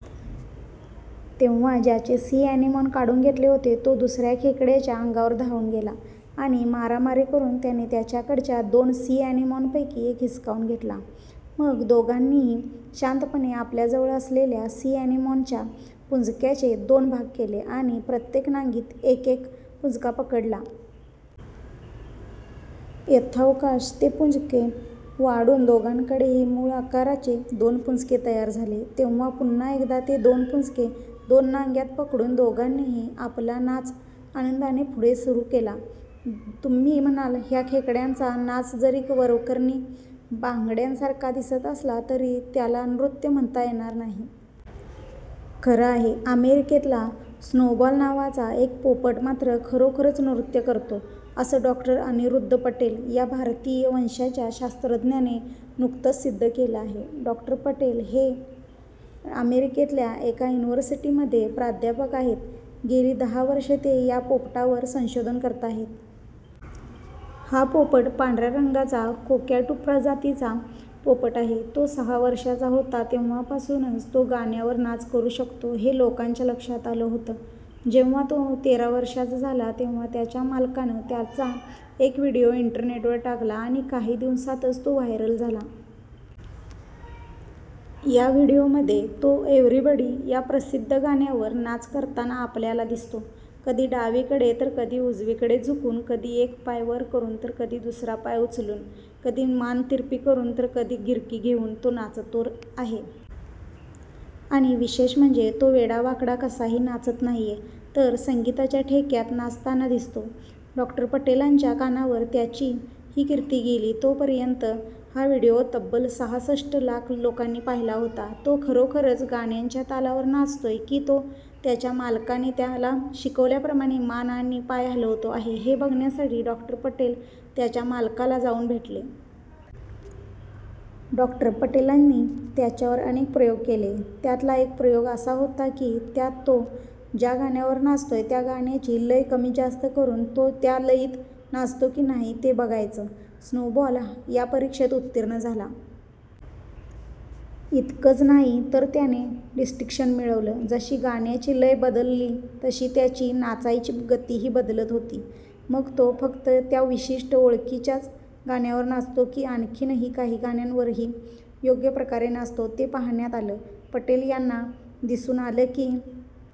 तेव्हा ज्याचे sea anemone काढून घेतले होते, तो दुसर्या खेकड्याच्या अंगावर धावून गेला आणि मारामारी करून त्याने त्याच्याकडच्या दोन सी अॅनेमॉनपैकी एक हिसकावून घेतला. मग दोघांनीही शांतपणे आपल्याजवळ असलेल्या सी अॅनेमॉनच्या पुंजक्याचे दोन भाग केले आणि प्रत्येक नांगीत एकेक पुंजका पकडला. यथावकाश ते पुंजके वाढून दोघांकडेही मूळ आकाराचे दोन पुंजके तयार झाले. तेव्हा पुन्हा एकदा ते दोन पुंजके दोन नांग्यांत पकडून दोघांनीही आपला नाच आनंदाने पुढे सुरू केला. तुम्ही म्हणाल, ह्या खेकड्यांचा नाच जरी वरकरणी भांगड्यासारखा दिसत असला तरी त्याला नृत्य म्हणता येणार नाही. खरं आहे. अमेरिकेतला स्नोबॉल नावाचा एक पोपट मात्र खरोखरच नृत्य करतो असं डॉ. अनिरुद्ध पटेल या भारतीय वंशाच्या शास्त्रज्ञाने नुकतंच सिद्ध केलं आहे. डॉ. पटेल हे अमेरिकेतल्या एका युनिव्हर्सिटीमध्ये प्राध्यापक आहेत. गेली दहा वर्षं ते या पोपटावर संशोधन करताहेत. हा पोपट पांढऱ्या रंगाचा कोकॅटू प्रजातीचा पोपट आहे. तो सहा वर्षाचा होता, तेव्हापासूनच तो गाण्यावर नाच करू शकतो हे लोकांच्या लक्षात आलं होतं. जेव्हा तो तेरा वर्षांचा झाला तेव्हा त्याच्या मालकानं त्याचा एक व्हिडिओ इंटरनेटवर टाकला आणि काही दिवसांतच तो व्हायरल झाला. या व्हिडिओमध्ये तो 'एव्हरीबडी' या प्रसिद्ध गाण्यावर नाच करताना आपल्याला दिसतो. कधी डावीकडे तर कधी उजवीकडे झुकून, कधी एक पाय वर करून तर कधी दुसरा पाय उचलून, कधी मान तिरपी करून तर कधी गिरकी घेऊन तो नाचतो आहे. आणि विशेष म्हणजे तो वेडावाकडा, कसाही नाचत नाहीये तर संगीताच्या ठेक्यात नाचताना दिसतो. डॉक्टर पटेलांच्या कानावर त्याची ही कीर्ती गेली, तोपर्यंत हा व्हिडिओ तब्बल सहासष्ट लाख लोकांनी पाहिला होता. तो खरोखरच गाण्याच्या तालावर नाचतोय, की तो त्याच्या मालकाने त्याला शिकवल्याप्रमाणे मान आणि पाय हलवतो आहे हे बघण्यासाठी डॉक्टर पटेल त्याच्या मालकाला जाऊन भेटले. डॉक्टर पटेलांनी त्याच्यावर अनेक प्रयोग केले. त्यातला एक प्रयोग असा होता की, त्यात तो ज्या गाण्यावर नाचतोय त्या गाण्याची लय कमीजास्त करून तो त्या लयीत नाचतो की नाही ते बघायचं. स्नोबॉल या परीक्षेत उत्तीर्ण झाला. इतकंच नाही तर त्याने डिस्टिंक्शन मिळवलं. जशी गाण्याची लय बदलली तशी त्याची नाचायची गतीही बदलत होती. मग तो फक्त त्या विशिष्ट, ओळखीच्याच गाण्यावर नाचतो की आणखीनही काही गाण्यांवरही योग्य प्रकारे नाचतो ते पाहण्यात आलं. पटेल यांना दिसून आलं की,